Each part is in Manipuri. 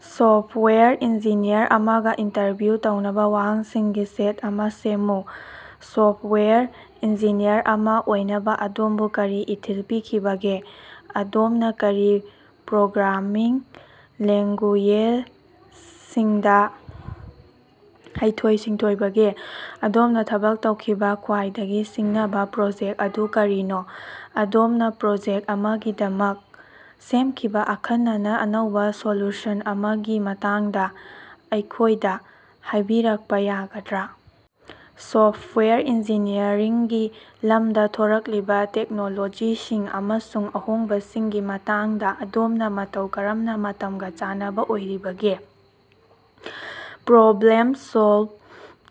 ꯁꯣꯐꯋꯦꯌꯔ ꯏꯟꯖꯤꯅꯤꯌꯔ ꯑꯃꯒ ꯏꯟꯇꯔꯚ꯭ꯌꯨ ꯇꯧꯅꯕꯥ ꯋꯥꯍꯪꯁꯤꯡꯒꯤ ꯁꯦꯠ ꯑꯃ ꯁꯦꯝꯃꯨ꯫ ꯁꯣꯐꯋꯦꯌꯔ ꯏꯟꯖꯤꯅꯤꯌꯔ ꯑꯃ ꯑꯣꯏꯅꯕ ꯑꯗꯣꯝꯕꯨ ꯀꯔꯤꯅ ꯏꯊꯤꯜ ꯄꯤꯈꯤꯕꯒꯦ? ꯑꯗꯣꯝꯅ ꯀꯔꯤ ꯄ꯭ꯔꯣꯒ꯭ꯔꯥꯃꯤꯡ ꯂꯦꯡꯒꯨꯌꯦꯖꯁꯤꯡꯗꯥ ꯍꯩꯊꯣꯏ-ꯁꯤꯡꯊꯣꯏꯕꯒꯦ? ꯑꯗꯣꯝꯅꯥ ꯊꯕꯛ ꯇꯧꯈꯤꯕꯥ ꯈ꯭ꯋꯥꯏꯗꯒꯤ ꯁꯤꯡꯅꯕ ꯄ꯭ꯔꯣꯖꯦꯛ ꯑꯗꯨ ꯀꯔꯤꯅꯣ? ꯑꯗꯣꯝꯅꯥ ꯄ꯭ꯔꯣꯖꯦꯛ ꯑꯃꯒꯤꯗꯃꯛ ꯁꯦꯝꯈꯤꯕ ꯑꯈꯟꯅꯅꯥ ꯑꯅꯧꯕꯥ ꯁꯣꯂꯨꯁꯟ ꯑꯃꯒꯤ ꯃꯇꯥꯡꯗ ꯑꯩꯈꯣꯏꯗ ꯍꯥꯏꯕꯤꯔꯛꯄ ꯌꯥꯒꯗ꯭ꯔꯥ? ꯁꯣꯐꯋꯦꯌꯔ ꯏꯟꯖꯤꯅꯤꯌꯔꯤꯡꯒꯤ ꯂꯝꯗꯥ ꯊꯣꯔꯛꯂꯤꯕ ꯇꯦꯛꯅꯣꯂꯣꯖꯤꯁꯤꯡ ꯑꯃꯁꯨꯡ ꯑꯍꯣꯡꯕꯁꯤꯡꯒꯤ ꯃꯇꯥꯡꯗ ꯑꯗꯣꯝꯅ ꯃꯇꯧ ꯀꯔꯝꯅ ꯃꯇꯝꯒꯥ ꯆꯥꯟꯅꯕ ꯑꯣꯏꯔꯤꯕꯒꯦ? ꯄ꯭ꯔꯣꯕ꯭ꯂꯦꯝ ꯁꯣꯜꯕ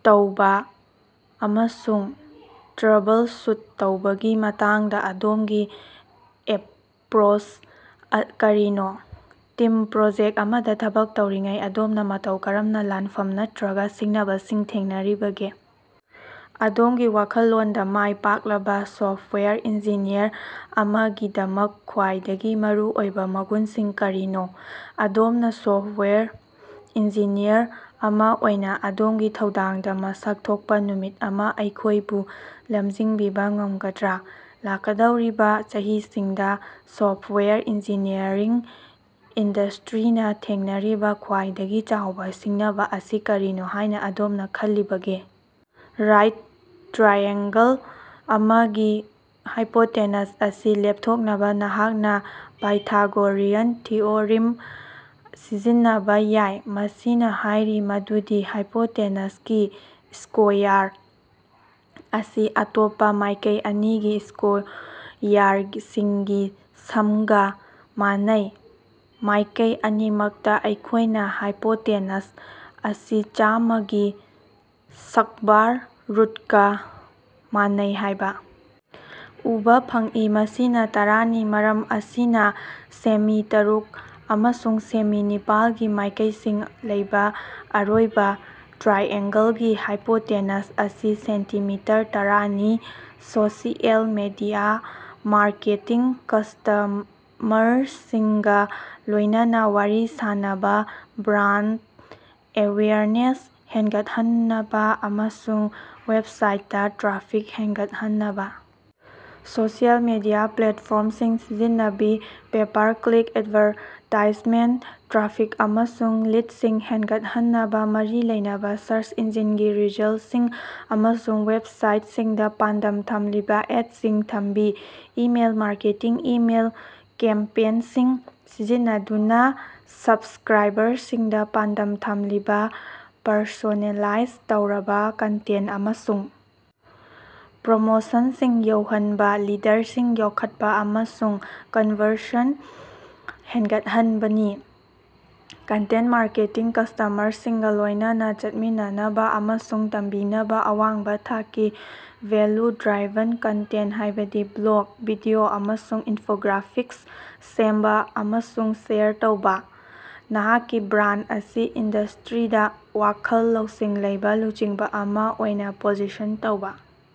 ꯇꯧꯕ ꯑꯃꯁꯨꯡ ꯇ꯭ꯔꯕꯜꯁꯨꯠ ꯇꯧꯕꯒꯤ ꯃꯇꯥꯡꯗ ꯑꯗꯣꯝꯒꯤ ꯑꯦꯄ꯭ꯔꯣꯁ ꯀꯔꯤꯅꯣ? ꯇꯤꯝ ꯄ꯭ꯔꯣꯖꯦꯛ ꯑꯃꯗ ꯊꯕꯛ ꯇꯧꯔꯤꯉꯩꯗ ꯑꯗꯣꯝꯅ ꯃꯇꯧ ꯀꯔꯝꯅ ꯂꯥꯟꯐꯝ ꯅꯠꯇ꯭ꯔꯒ ꯁꯤꯡꯅꯕꯁꯤꯡ ꯊꯦꯡꯅꯔꯤꯕꯒꯦ? ꯑꯗꯣꯝꯒꯤ ꯋꯥꯈꯜꯂꯣꯟꯗꯥ ꯃꯥꯏ ꯄꯥꯛꯂꯕ ꯁꯣꯐꯋꯦꯌꯔ ꯏꯟꯖꯤꯅꯤꯌꯔ ꯑꯃꯒꯤꯗꯃꯛ ꯈ꯭ꯋꯥꯏꯗꯒꯤ ꯃꯔꯨꯑꯣꯏꯕ ꯃꯒꯨꯟꯁꯤꯡ ꯀꯔꯤꯅꯣ? ꯑꯗꯣꯝꯅ ꯁꯣꯐꯋꯦꯌꯔ ꯏꯟꯖꯤꯅꯤꯌꯔ ꯑꯃ ꯑꯣꯏꯅ ꯑꯗꯣꯝꯒꯤ ꯊꯧꯗꯥꯡꯗ ꯃꯁꯛ ꯊꯣꯛꯄ ꯅꯨꯃꯤꯠ ꯑꯃ ꯑꯩꯈꯣꯏꯕꯨ ꯂꯝꯖꯤꯡꯕꯤꯕꯥ ꯉꯝꯒꯗ꯭ꯔꯥ? ꯂꯥꯛꯀꯗꯧꯔꯤꯕꯥ ꯆꯍꯤꯁꯤꯡꯗꯥ ꯁꯣꯐꯋꯦꯌꯔ ꯏꯟꯖꯤꯅꯤꯌꯔꯤꯡ ꯏꯟꯗꯁꯇ꯭ꯔꯤꯅ ꯊꯦꯡꯅꯔꯤꯕꯥ ꯈ꯭ꯋꯥꯏꯗꯒꯤ ꯆꯥꯎꯕ ꯁꯤꯡꯅꯕ ꯑꯁꯤ ꯀꯔꯤꯅꯣ ꯍꯥꯏꯅ ꯑꯗꯣꯝꯅ ꯈꯜꯂꯤꯕꯒꯦ? ꯔꯥꯏꯠ ꯇ꯭ꯔꯥꯏꯑꯦꯡꯒꯜ ꯑꯃꯒꯤ ꯍꯥꯏꯄꯣꯇꯦꯅꯁ ꯑꯁꯤ ꯂꯦꯞꯊꯣꯛꯅꯕꯥ, ꯅꯍꯥꯛꯅ ꯄꯥꯏꯊꯥꯒꯣꯔꯤꯌꯟ ꯊꯤꯑꯣꯔꯤꯝ ꯁꯤꯖꯤꯟꯅꯕ ꯌꯥꯏ, ꯃꯁꯤꯅ ꯍꯥꯏꯔꯤ ꯃꯗꯨꯗꯤ ꯍꯥꯏꯄꯣꯇꯦꯅꯁꯀꯤ ꯁ꯭ꯀꯣꯌꯥꯔ ꯑꯁꯤ ꯑꯇꯣꯞꯄꯥ ꯃꯥꯏꯀꯩ ꯑꯅꯤꯒꯤ ꯁ꯭ꯀꯣꯌꯥꯔꯁꯤꯡꯒꯤ ꯁꯝꯒꯥ ꯃꯥꯟꯅꯩ꯫ ꯃꯥꯏꯀꯩ ꯑꯅꯤꯃꯛꯇꯥ, ꯑꯩꯈꯣꯏꯅ ꯍꯥꯏꯄꯣꯇꯦꯅꯁ ꯑꯁꯤ ꯆꯥꯝꯃꯥꯒꯤ ꯁꯛꯕꯥꯔ ꯔꯨꯠꯀꯥ ꯃꯥꯟꯅꯩ ꯍꯥꯏꯕ ꯎꯕꯥ ꯐꯪꯏ, ꯃꯁꯤꯅ ꯇꯔꯥꯅꯤ, ꯃꯔꯝ ꯑꯁꯤꯅ ꯁꯦꯃꯤ ꯇꯔꯨꯛ ꯑꯃꯁꯨꯡ ꯁꯦꯃꯤ ꯅꯤꯄꯥꯜꯒꯤ ꯃꯥꯏꯀꯩꯁꯤꯡ ꯂꯩꯕ ꯑꯔꯣꯏꯕ ꯇ꯭ꯔꯥꯏꯑꯦꯡꯒꯜꯒꯤ ꯍꯥꯏꯄꯣꯇꯦꯅꯁ ꯑꯁꯤ ꯁꯦꯟꯇꯤꯃꯤꯇꯔ ꯇꯔꯥꯅꯤ꯫ ꯁꯣꯁꯤꯑꯦꯜ ꯃꯤꯗꯤꯌꯥ ꯃꯥꯔꯀꯦꯇꯤꯡ ꯀꯁꯇꯃꯔꯁꯤꯡꯒꯥ ꯂꯣꯏꯅꯅ ꯋꯥꯔꯤ ꯁꯥꯟꯅꯕ, ꯕ꯭ꯔꯥꯟꯗ ꯑꯦꯋꯦꯌꯔꯅꯦꯁ ꯍꯦꯟꯒꯠꯍꯟꯅꯕꯥ ꯑꯃꯁꯨꯡ ꯋꯦꯕꯁꯥꯏꯠꯇꯥ ꯇ꯭ꯔꯥꯐꯤꯛ ꯍꯦꯟꯒꯠꯍꯟꯅꯕꯥ ꯁꯣꯁꯤꯑꯦꯜ ꯃꯤꯗꯤꯌꯥ ꯄ꯭ꯂꯦꯠꯐꯣꯔꯝꯁꯤꯡ ꯁꯤꯖꯤꯟꯅꯕꯤ꯫ ꯄꯦꯄꯥꯔ-ꯀ꯭ꯂꯤꯛ ꯑꯦꯗꯚꯥꯔꯇꯥꯏꯖꯃꯦꯟꯇ ꯇ꯭ꯔꯥꯐꯤꯛ ꯑꯃꯁꯨꯡ ꯂꯤꯗꯁꯤꯡ ꯍꯦꯟꯒꯠꯍꯟꯅꯕꯥ ꯃꯔꯤ ꯂꯩꯅꯕꯥ ꯁꯔꯁ ꯏꯟꯖꯤꯟꯒꯤ ꯔꯤꯖꯜꯁꯤꯡ ꯑꯃꯁꯨꯡ ꯋꯦꯕꯁꯥꯏꯠꯁꯤꯡꯗꯥ ꯄꯥꯟꯗꯝ ꯊꯝꯂꯤꯕ ꯑꯦꯠꯁꯤꯡ ꯊꯝꯕꯤ꯫ ꯏꯃꯦꯜ ꯃꯥꯔꯀꯦꯇꯤꯡ ꯏꯃꯦꯜ ꯀꯦꯝꯄꯦꯟꯁꯤꯡ ꯁꯤꯖꯤꯟꯅꯗꯨꯅꯥ ꯁꯞꯁꯀ꯭ꯔꯥꯏꯕꯔꯁꯤꯡꯗꯥ ꯄꯥꯟꯗꯝ ꯊꯝꯂꯤꯕ, ꯄꯔꯁꯣꯅꯦꯂꯥꯏꯖ ꯇꯧꯔꯕ ꯀꯟꯇꯦꯟ ꯑꯃꯁꯨꯡ ꯄ꯭ꯔꯣꯃꯣꯁꯟꯁꯤꯡ ꯌꯧꯍꯟꯕꯥ, ꯂꯤꯗꯔꯁꯤꯡ ꯌꯣꯛꯈꯠꯄ ꯑꯃꯁꯨꯡ ꯀꯟꯕꯔꯁꯟ ꯍꯦꯟꯒꯠꯍꯟꯅꯕꯤ꯫ ꯀꯟꯇꯦꯟ ꯃꯥꯔꯀꯦꯇꯤꯡ ꯀꯁꯇꯃꯔꯁꯤꯡꯒ ꯂꯣꯏꯅꯅ ꯆꯠꯃꯤꯟꯅꯅꯕ ꯑꯃꯁꯨꯡ ꯇꯝꯕꯤꯅꯕ ꯑꯋꯥꯡꯕꯥ ꯊꯥꯛꯀꯤ, ꯚꯦꯜꯂꯨ-ꯗ꯭ꯔꯥꯏꯚꯟ ꯀꯟꯇꯦꯟ, ꯍꯥꯏꯕꯗꯤ ꯕ꯭ꯂꯣꯒ, ꯚꯤꯗꯤꯑꯣ ꯑꯃꯁꯨꯡ ꯏꯟꯐꯣꯒ꯭ꯔꯥꯐꯤꯛꯁ ꯁꯦꯝꯕꯥ ꯑꯃꯁꯨꯡ ꯁꯦꯌꯔ ꯇꯧꯕ, ꯅꯍꯥꯛꯀꯤ ꯕ꯭ꯔꯥꯟ ꯑꯁꯤ ꯏꯟꯗꯁꯇ꯭ꯔꯤꯗꯥ ꯋꯥꯈꯜ ꯂꯧꯁꯤꯡ ꯂꯩꯕꯥ ꯂꯨꯆꯤꯡꯕ ꯑꯃ ꯑꯣꯏꯅ ꯄꯣꯖꯤꯁꯟ ꯇꯧꯕ꯫